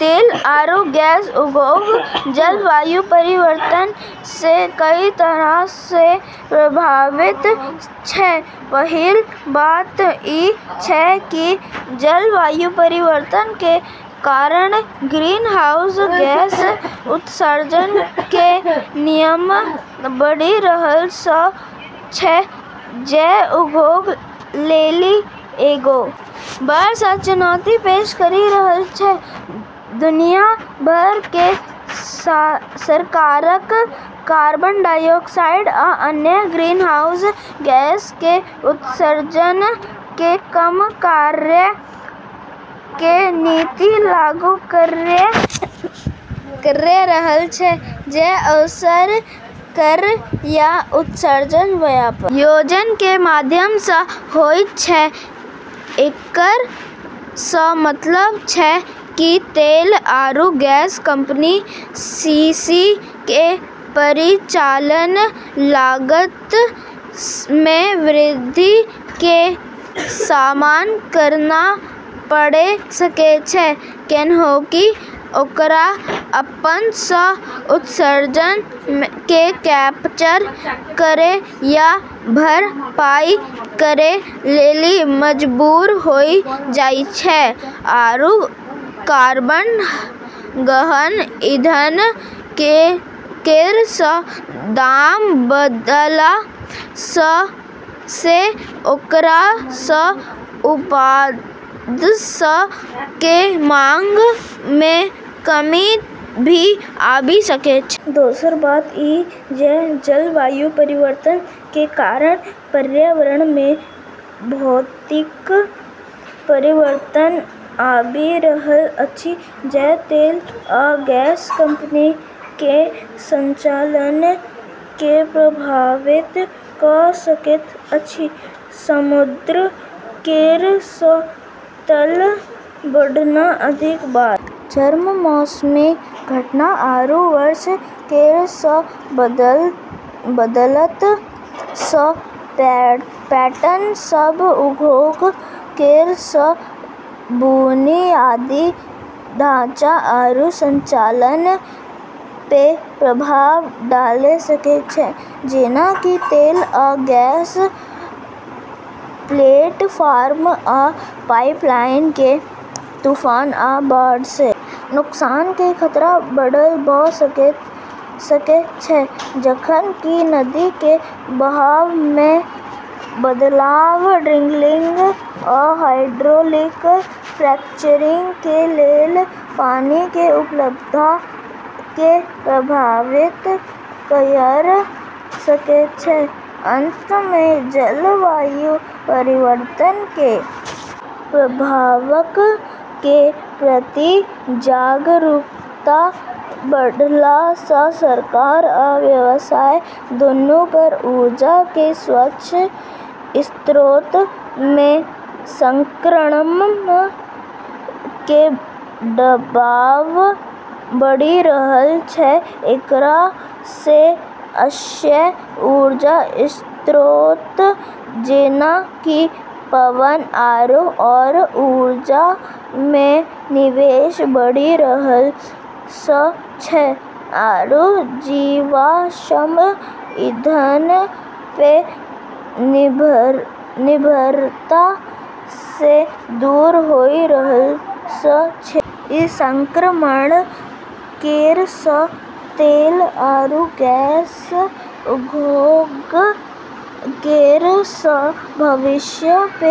तेल आरू गैस उद्योग जलवायु परिवर्तन से कई तरह से प्रभावित छै। पहिल बात ई छै कि जलवायु परिवर्तन के कारण ग्रीनहाउस गैस उत्सर्जन के नियमन बढ़ी रहलऽ छै जे उद्योग लेली एगो बड़ऽ चुनौती पेश करी रहलऽ छै, दुनिया भर कें सरकारक कार्बन डाइऑक्साइड आ अन्य ग्रीनहाउस गैस कें उत्सर्जन कें कम करय कें नीति लागू करय रहल छै जे अक्सर कर या उत्सर्जन व्यापार योजना कें माध्यम सं होयत छै, एकरऽ मतलब छै कि तेल आरू गैस कंपनी सिनी के परिचालन लागत मे वृद्धि के सामना करना पड़े सकै छै कैन्हेंकि ओकरा अपनऽ उत्सर्जन के कैप्चर करै या भरपाई करै लेली मजबूर होय जाय छै आरू कार्बन-गहन ईंधन केरऽ दाम बढ़ला से ओकरऽ उत्पादऽ के मांग मे कमी भी आबी सकै छै। दोसर बात ई जे जलवायु परिवर्तन के कारण पर्यावरण में भौतिक परिवर्तन आबि रहल अछि जे तेल आ गैस कंपनी के संचालन के प्रभावित क सकैत अछि, समुद्र केरऽ तल बढ़ना, अधिक बार चरम मौसमी घटना आरू वर्षा केरऽ बदलतऽ पैटर्न सब उद्योग केरऽ बुनियादी ढाँचा आरू संचालन पे प्रभाव डाले सकै छै जेना कि तेल आ गैस प्लेटफार्म आ पाइपलाइन कें तूफान आ बाढ़ सं नुकसान कें खतरा बढ़ल भ सकय छै जखन कि नदी कें बहाव मे बदलाव ड्रिलिंग आ हाइड्रोलिक फ्रैक्चरिंग कें लेल पानी कें उपलब्धता कें प्रभावित कयर सकय छै, अंत मे जलवायु परिवर्तन कें प्रभावक कें प्रति जागरूकता बढ़ला सं सरकार आ व्यवसाय दूनू पर ऊर्जा कें स्वच्छ स्रोत मे संक्रमण कें दबाव बढ़ी रहल छै, एकरा से अक्षय ऊर्जा स्रोत जेना कि पवन आरू सौर ऊर्जा मे निवेश बढ़ी रहलऽ छै आरू जीवाश्म ईंधन पे निर्भरता से दूर होय रहलऽ छै। ई संक्रमण केरऽ तेल आरू गैस उद्योग केरऽ भविष्य पे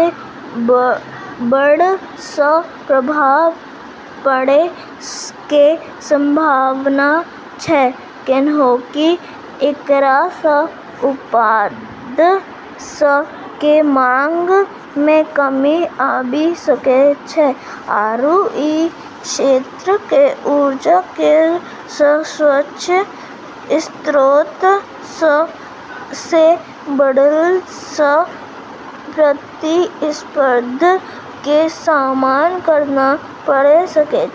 बड़ऽ प्रभाव पड़ै के संभावना छै कैन्हेंकि एकरऽ उत्पादऽ के मांग मे कमी आबी सकै छै आरू ई क्षेत्र के ऊर्जा केरऽ स्वच्छ स्रोतऽ से बढ़लऽ प्रतिस्पर्धा के सामना करना पड़े सकै छै।